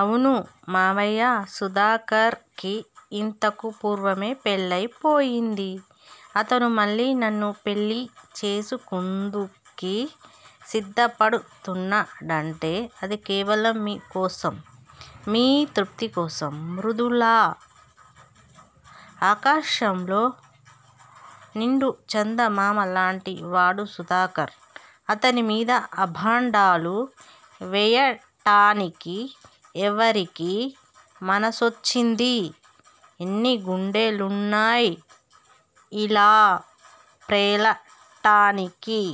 అవును మావయ్యా! సుధాకర్ కి యింతకు పూర్వమే పెళ్ళయిపోయింది. అతను మళ్ళీ నన్ను పెళ్ళీ చేసుకుందుకి సిద్దపడుతున్నాడంటే అది కేవలం మీ కోసం __మీ తృప్తి కోసం! మృదులా! ఆకాశంలో నిండు చందమామాలాoటి వాడు సుధాకర్! అతని మీద అభాండాలు వేయటానికి ఎవరికీ మనసోచ్చింది? ఎన్ని గుండెలున్నాయ్ యిలా ప్రేలటానికి?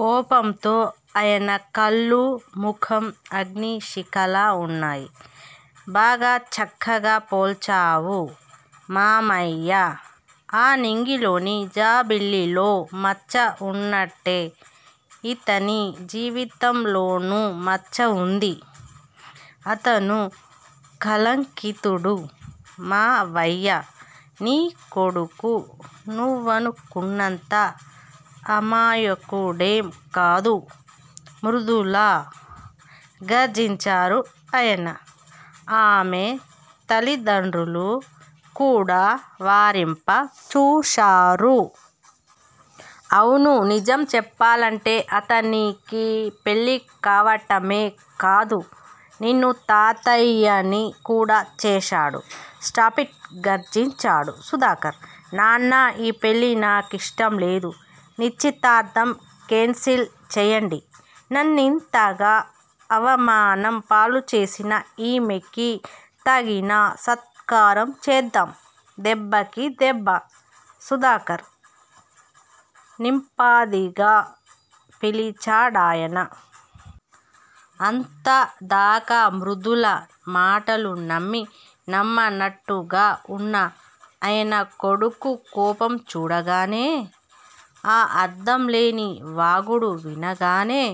కోపంతో అయన కళ్ళు, ముఖం అగ్ని శిఖలా వున్నాయి. బాగా చక్కగా పోల్చావు మామయ్యా! ఆ నింగిలోని జాబిల్లిలో మచ్చవున్నట్టే యితని జీవితంలోనూ మచ్చవుంది. అతను కళింకితుడు __ మావయ్యా నీ కొడుకు నువ్వనుకున్నంత అమాయకుడెం కాదు! మృదులా! గర్జించారు అయన. ఆమె తలిదండ్రులు కూడా వారింప చూశారు. అవును! నిజం చెప్పాలంటే అతనికి పెళ్ళికావటమే కాదు నిన్ను తాతయ్యని కూడా చేశాడు! స్టాఫిట్! గర్జించాడు సుధాకర్. నాన్నా ఈ పెళ్ళి నాకిష్టంలేదు. నిశ్చితార్దం కేన్సిల్ చేయండి. నన్నింతగా అవమానం పాలు చేసిన ఈమెకి తగిన సత్కారం చేద్దాం. దెబ్బకి దెబ్బ! సుధాకర్! నింపాదిగా పిలిచాడాయన. అంతదాకా మృదుల మాటలు నమ్మి నమ్మనట్టుగా వున్న అయన కొడుకు కోపం చూడగానే, ఆ అర్ధంలేని వాగుడు వినగానే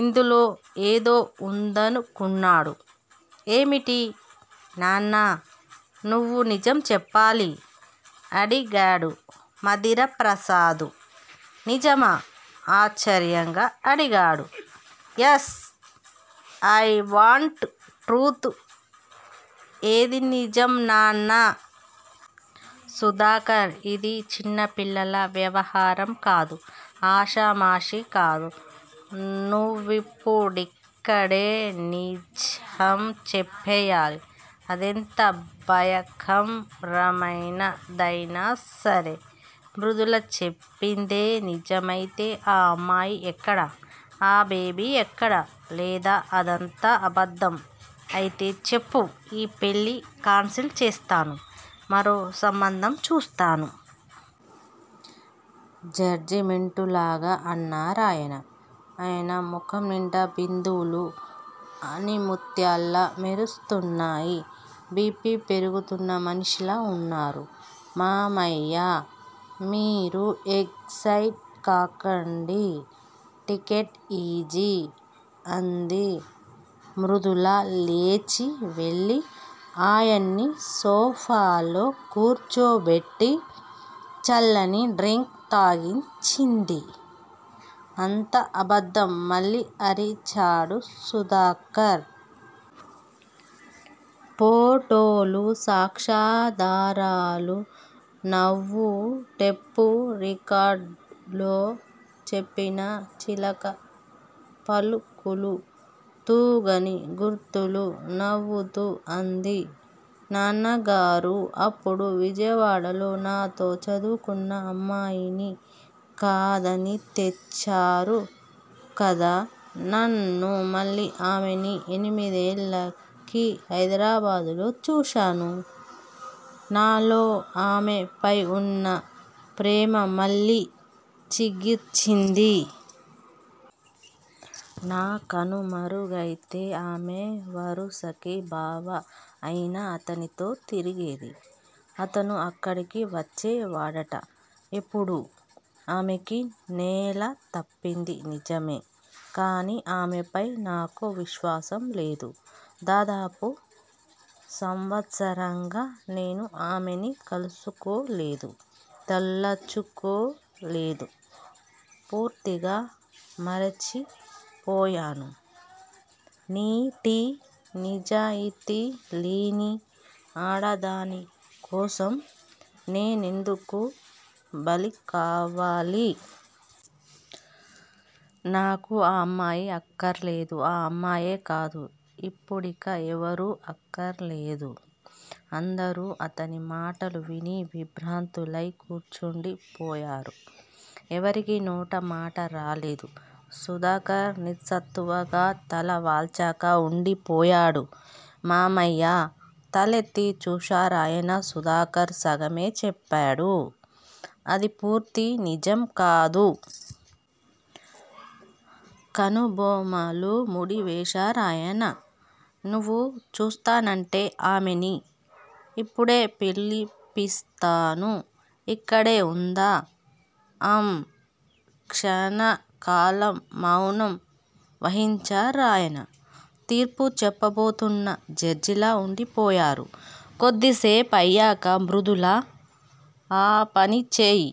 ఇందులో ఏదో వుందనుకున్నాడు. ఏమిటి నాన్నా! నువ్వు నిజం చెప్పాలి! అడిగాడు మధిరప్రసాదు. నిజమా! ఆశ్చర్యంగా అడిగాడు. యస్! అయ్ వాంట్ ట్రూత్! ఏది నిజం నాన్నా? సుధాకర్! ఇది చిన్నపిల్లలా వ్యవహారం కాదు. ఆశామషీకాదు. నువ్విప్పుడిక్కడే నిజ్హం చెప్పెయ్యాలి. అదెంత భయకంరమైన దైనా సరే! మృదుల చెప్పిందే నిజమయితే ఆ అమ్మాయి ఎక్కడ? ఆ బేబీ ఎక్కడ? లేదా అదంతా అబద్దం అయితే చెప్పు __ ఈ పెళ్ళి కాన్సిల్ చేస్తాను మరో సంబంధం చూస్తాను! జడ్జిమెంటులాగా అన్నారాయన. అయన ముఖం నిండా బిందువులు అణిముత్యాల్లా మెరుస్తున్నాయి బి. పి పెరుగుతున్న మనిషిలా వున్నారు. మామయ్యా! మీరు ఎగ్ సైట్ కాకండి. Take it easy! అంది. మృదుల లేచి వెళ్ళి ఆయన్ని సోఫాలో కూర్చోబెట్టి, చల్లని డ్రింక్ తాగించింది. అంతా అబద్దం! మళ్ళీ అరిచాడు సుధాకర్. పోటోలు సాక్ష్యాదారాలు! నవ్వు టెఫ్ రికార్డ్ లో చెప్పిన చిలక పలుకులు తూగని గుర్తులు! నవ్వుతూ అంది. నాన్నగారూ అప్పుడు విజయవాడలో, నాతో చదువు కున్న అమ్మాయిని కాదని తెచ్చారు కదా నన్ను మళ్ళీ ఆమెని ఎనిమిదేళ్ళకి హైదరాబాదు లో చూశాను. నాలో ఆమెపైవున్న ప్రేమ మళ్ళీ చిగిర్చింది. నా కనుమరుగైతే ఆమె వరుసకి బావ అయిన అతనితో తిరిగేది. అతను అక్కడికి వచ్చేవాడట ఎప్పుడూ__ ఆమెకి నేల తప్పింది నిజమే! కానీ ఆమెపై నాకు విశ్వాసంలేదు. దాదాపు సంవత్సరంగా నేను ఆమెని కలుసుకో లేదు తలచుకోలేదు. పూర్తిగా మరచిపోయాను. నీటి, నిజాయితీ లేని ఆడదాని కోసం నేనెందుకు బలికావాలి! నాకు ఆ అమ్మాయి అక్కర్లేదు ఆ అమ్మాయే కాదు __ ఇప్పుడిక ఎవరూ అక్కర్లేదు! అందరూ అతని మాటలు విని విభ్రాంతులై కూర్చోండి పోయారు. ఎవరికీ నోటమాటరాలేదు. సుధాకర్ నిస్సత్తువుగా తలవాల్చక వుండిపోయాడు. మామయ్యా! తలెత్తి చూశారాయన సుధాకర్ సగమే చెప్పాడు. అది పూర్తి నిజం కాదు! కనుబొమలు ముడి వేశారాయన. నువ్వు చూస్తానంటే ఆమెని. యిప్పుడే పిలిపిస్తాను! ఇక్కడే వుందా? అం, క్షణకాలం మౌనం వహించారాయణ. తీర్పు చెప్పాబోతున్న జడ్జిలా వుండిపోయారు. కొద్దిసేపయ్యాక మృదులా! ఆ పని చెయ్!